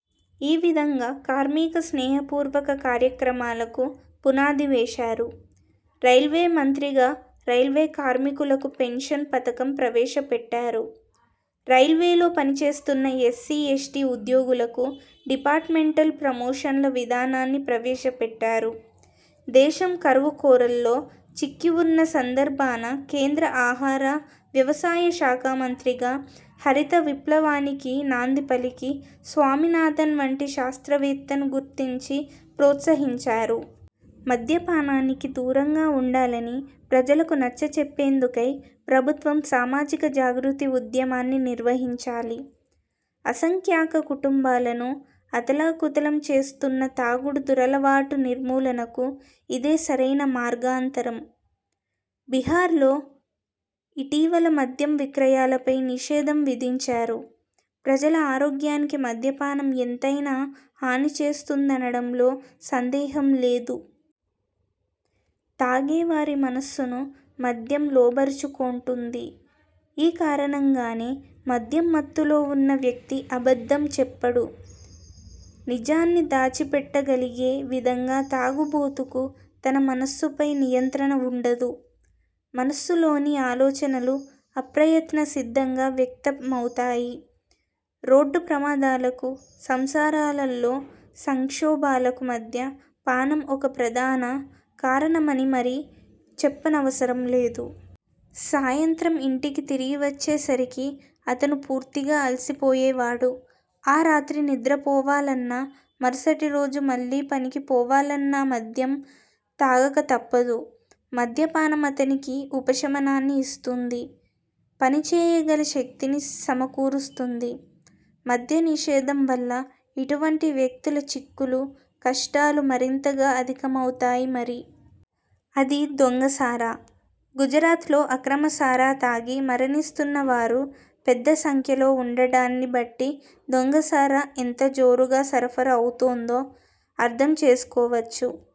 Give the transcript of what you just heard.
ఈ విధంగా కార్మిక స్నేహపూర్వక కార్యక్రమాలకు పునాది వేశారు. రైల్వే మంత్రిగా రైల్వే కార్మికులకు పెన్షన్ పథకం ప్రవేశపెట్టారు. రైల్వేలో పనిచేస్తున్న ఎస్సీ, ఎస్టీ ఉద్యోగులకు డిపార్ట్మెంటల్ ప్రమోషన్ల విధానాన్ని ప్రవేశపెట్టారు. దేశం కరువు కోరల్లో చిక్కివున్న సందర్భాన కేంద్ర ఆహార, వ్యవసాయ శాఖామంత్రిగా హరిత విప్లవానికి నాందిపలికి స్వామినాథన్ వంటి శాస్త్రవేత్తను గుర్తించి ప్రోత్సహించారు. మద్యపానానికి దూరంగా వుండాలని ప్రజలకు నచ్చచెప్పేందుకై ప్రభుత్వం సామాజిక జాగృతి ఉద్యమాన్ని నిర్వహించాలి. అసంఖ్యాక కుటుంబాలను అతలాకుతలం చేస్తున్న తాగుడు దురలవాటు నిర్మూలనకు ఇదే సరైన మార్గాంతరం. బిహార్లో ఇటీవల మద్యం విక్రయాలపై నిషేధం విధించారు. ప్రజల ఆరోగ్యానికి మద్యపానం ఎంతైనా హానిచేస్తుందనడంలో సందేహం లేదు. తాగేవారి మనస్సును మద్యం లోబరుచుకొంటుంది. ఈ కారణంగానే మద్యం మత్తులో వున్న వ్యక్తి అబద్ధం చెప్పడు. నిజాన్ని దాచిపెట్టగలిగే విధంగా తాగుబోతుకు తన మనస్సుపై నియంత్రణ వుండదు. మనస్సులోని ఆలోచనలు అప్రయత్న సిద్ధంగా వ్యక్తమవుతాయి. రోడ్డు ప్రమాదాలకు, సంసారాలలో సంక్షోభాలకు మద్య పానం ఒక ప్రధాన కారణమని మరి చెప్పనవసరం లేదు. సాయంత్రం ఇంటికి తిరిగివచ్చే సరికి అతను పూర్తిగా అలసిపోయేవాడు. ఆ రాత్రి నిద్ర పోవాలన్నా, మరుసటి రోజు మళ్ళీ పనికి పోవాలన్నా మద్యం తాగక తప్పదు. మద్యపానం అతనికి ఉపశమనాన్ని ఇస్తుంది. పనిచేయగల శక్తినీ సమకూరుస్తుంది. మద్య నిషేధం వల్ల ఇటువంటి వ్యక్తుల చిక్కులు, కష్టాలు మరింతగా అధికమవుతాయి మరి. అది దొంగ సారా. గుజరాత్లో అక్రమ సారా తాగి మరణిస్తున్న వారు పెద్ద సంఖ్యలో వుండడాన్ని బట్టి దొంగ సారా ఎంత జోరుగా సరఫరా అవుతుందో అర్థం చేసుకోవచ్చు.